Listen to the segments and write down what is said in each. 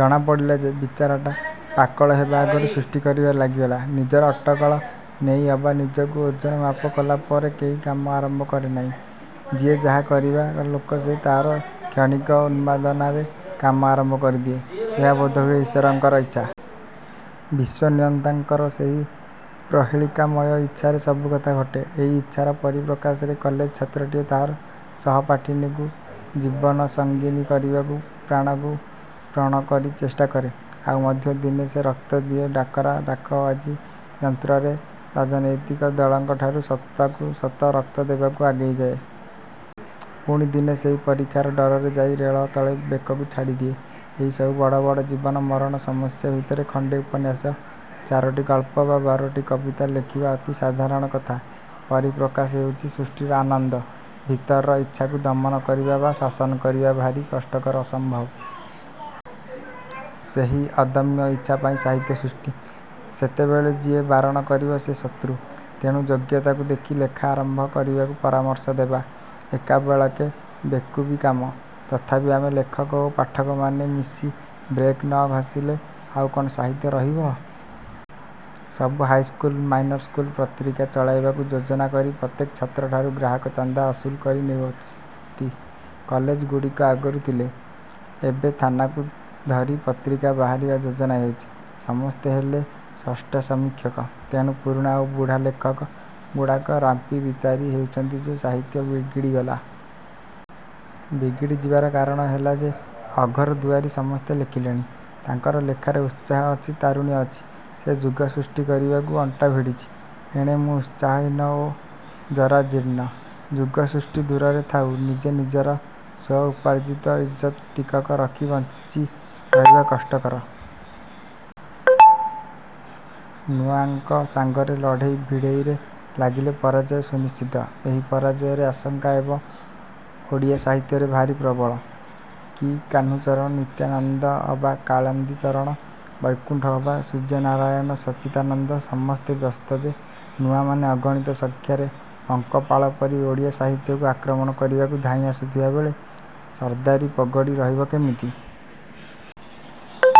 ଜଣାପଡ଼ିଲା ଯେ ବିଚରାଟା ପାକଳ ହେବା ଆଗରୁ ସୃଷ୍ଟି କରିବାରେ ଲାଗିଗଲା। ନିଜର ଅଟକଳ ନେଇ ଅବା ନିଜକୁ ଓଜନମାପ କଲାପରେ କେହି କାମ ଆରମ୍ଭ କରେ ନାହିଁ। ଯିଏ ଯାହା କରିବା ଲୋକ ସେ ତାହାର କ୍ଷଣିକ ଉନ୍ମାଦନାରେ କାମ ଆରମ୍ଭ କରିଦିଏ। ଏହା ବୋଧହୁଏ ଈଶ୍ୱରଙ୍କର ଇଚ୍ଛା। ବିଶ୍ୱନିୟନ୍ତାଙ୍କର ସେହି ପ୍ରହେଳିକାମୟ ଇଚ୍ଛାରେ ସବୁ କଥା ଘଟେ। ଏହି ଇଚ୍ଛାର ପରିପ୍ରକାଶରେ କଲେଜ ଛାତ୍ରଟିଏ ତାହାର ସହପାଠିନୀକୁ ଜୀବନସଙ୍ଗୀନୀ କରିବାକୁ ପ୍ରାଣକୁ ପଣ କରି ଚେଷ୍ଟା କରେ। ଆଉ ମଧ୍ୟ ଦିନେ ସେ ରକ୍ତ ଦିଅ-ଡାକରା ଡାକବାଜି ଯନ୍ତ୍ରରେ ରାଜନୈତିକ ଦଳଙ୍କଠାରୁ ସତକୁ ସତ ରକ୍ତ ଦେବାକୁ ଆଗେଇ ଯାଏ। ପୁଣି ଦିନେ ସେହି ପରୀକ୍ଷାର ଡରରେ ଯାଇ ରେଳ ତଳେ ବେକକୁ ଛାଡ଼ିଦିଏ। ଏହିସବୁ ବଡ଼ ବଡ଼ ଜୀବନ-ମରଣ ସମସ୍ୟା ଭିତରେ ଖଣ୍ଡେ ଉପନ୍ୟାସ, ଚାରୋଟି ଗଳ୍ପ ବା ବାରୋଟି କବିତା ଲେଖିବା ଅତି ସାଧାରଣ କଥା। ପରିପ୍ରକାଶ ହେଉଛି ସୃଷ୍ଟିର ଆନନ୍ଦ। ଭିତରର ଇଚ୍ଛାକୁ ଦମନ କରିବା ବା ଶାସନ କରିବା ଭାରି କଷ୍ଟକର-ଅସମ୍ଭବ। ସେହି ଅଦମ୍ୟ ଇଚ୍ଛା ପାଇଁ ସାହିତ୍ୟ ସୃଷ୍ଟି। ସେତେବେଳେ ଯିଏ ବାରଣ କରିବ-ସେ ଶତୃ। ତେଣୁ ଯୋଗ୍ୟତାକୁ ଦେଖି ଲେଖା ଆରମ୍ଭ କରିବାକୁ ପରାମର୍ଶ ଦେବା ଏକାବେଳକେ ବେକୁବି କାମ। ତଥାପି ଆମେ ଲେଖକ ଓ ପାଠକମାନେ ମିଶି ବ୍ରେକ୍ ନ କଷିଲେ ଆଉ କ'ଣ ସାହିତ୍ୟ ରହିବ? ସବୁ ହାଇସ୍କୁଲ, ମାଇନର ସ୍କୁଲ ପତ୍ରିକା ଚଳାଇବାକୁ ଯୋଜନା କରି ପ୍ରତ୍ୟେକ ଛାତ୍ରଠାରୁ ଗ୍ରାହକ ଚାନ୍ଦା ଅସୁଲ କରି ନେଉଛନ୍ତି। କଲେଜ ଗୁଡ଼ିକ ଆଗରୁ ଥିଲେ। ଏବେ ଥାନାକୁ ଧରି ପତ୍ରିକା ବାହାରିବା ଯୋଜନା ହେଉଛି। ସମସ୍ତେ ହେଲେ ସ୍ରଷ୍ଟା ସମୀକ୍ଷକ। ତେଣୁ ପୁରୁଣା ଓ ବୁଢ଼ା ଲେଖକ ଗୁଡ଼ାକ ରାମ୍ପି ବିଦାରି ହେଉଛନ୍ତି ଯେ ସାହିତ୍ୟ ବିଗିଡ଼ିଗଲା। ବିଗିଡ଼ିଯିବାର କାରଣ ହେଲା ଯେ ଅଘୋରଦୁଆରୀ ସମସ୍ତେ ଲେଖିଲେଣି। ତାଙ୍କର ଲେଖାରେ ଉତ୍ସାହ ଅଛି-ତାରୁଣ୍ୟ ଅଛି। ସେ ଯୁଗ ସୃଷ୍ଟି କରିବାକୁ ଅଣ୍ଟା ଭିଡ଼ିଛି। ଏଣେ ମୁଁ ଉତ୍ସାହ-ହୀନ ଓ ଜରାଜୀର୍ଣ୍ଣ। ଯୁଗ ସୃଷ୍ଟି ଦୂରରେ ଥାଉ ନିଜେ ନିଜର ସ୍ୱ-ଉପାର୍ଜିତ ଇଜ୍ଜତ ଟିକକ ରଖି ବଞ୍ଚି ରହିବା କଷ୍ଟକର। ନୂଆଙ୍କ ସାଙ୍ଗରେ ଲଢ଼େଇ ଭିଡ଼େଇରେ ଲାଗିଲେ ପରାଜୟ ସୁନିଶ୍ଚିତ-। ଏହି ପରାଜୟର ଆଶଙ୍କା ଏବେ ଓଡ଼ିଆ ସାହିତ୍ୟରେ ଭାରି ପ୍ରବଳ। କି କାହ୍ନୁଚରଣ ନିତ୍ୟାନନ୍ଦ ଅବା କାଳିନ୍ଦୀଚରଣ ବୈକୁଣ୍ଠ ଅବା ସୂର୍ଯ୍ୟନାରାୟଣ ସଚ୍ଚିଦାନନ୍ଦ ସମସ୍ତେ ବ୍ୟସ୍ତ ଯେ ନୂଆମାନେ ଅଗଣିତ ସଂଖ୍ୟାରେ ପଙ୍ଗପାଳ ପରି ଓଡ଼ିଆ ସାହିତ୍ୟକୁ ଆକ୍ରମଣ କରିବାକୁ ଧାଇଁ ଆସୁଥିଲାବେଳେ ସର୍ଦାରି ପଗଡ଼ି ରହିବ କେମିତି?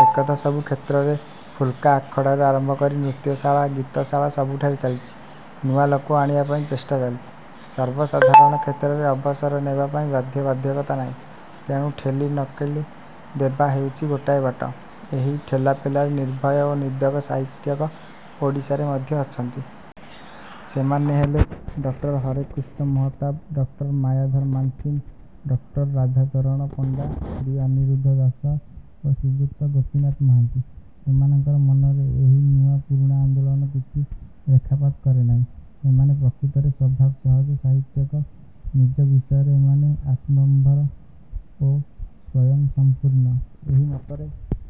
ଏକଥା। ସବୁ କ୍ଷେତ୍ରରେ ଫୁଲକା ଆଖଡ଼ାରୁ ଆରମ୍ଭ କରି ନୃତ୍ୟଶାଳା, ଗୀତଶାଳା ସବୁଠାରେ ଚାଲିଛି। ନୂଆ ଲୋକ ଆଣିବା ପାଇଁ ଚେଷ୍ଟା ଚାଲିଛି। ସର୍ବସାଧାରଣ କ୍ଷେତ୍ରରେ ଅବସର ନେବା ପାଇଁ ବାଧ୍ୟ ବାଧକତା ନାହିଁ। ତେଣୁ ଠେଲି ନିକାଲି ଦେବା ହେଉଛି ଗୋଟାଏ ବାଟ। ଏହି ଠେଲାପେଲାରେ ନିର୍ଭୟ ଓ ନିଦକ ସାହିତ୍ୟିକ ଓଡ଼ିଶାରେ ମଧ୍ୟ ଅଛନ୍ତି। ସେମାନେ ହେଲେ doctor Harekrushna Mahtab, doctor Mayadhar Mansingh, doctor Radhacharan Panda, Shri Aniruddha Das ଓ ଶ୍ରୀଯୁକ୍ତ ଗୋପୀନାଥ ମହାନ୍ତି। ଏମାନଙ୍କର ମନରେ ଏହି ନୂଆ ପୁରୁଣା ଆନ୍ଦୋଳନ କିଛି ରେଖାପାତ କରେ ନାହିଁ। ଏମାନେ ପ୍ରକୃତରେ ସ୍ୱଭାବ ସହଜ ସାହିତ୍ୟିକ-। ନିଜ ବିଷୟରେ ଏମାନେ ଆତ୍ମମ୍ଭର ଓ ସ୍ୱୟଂସଂପୂର୍ଣ୍ଣ। ଏହି ମତରେ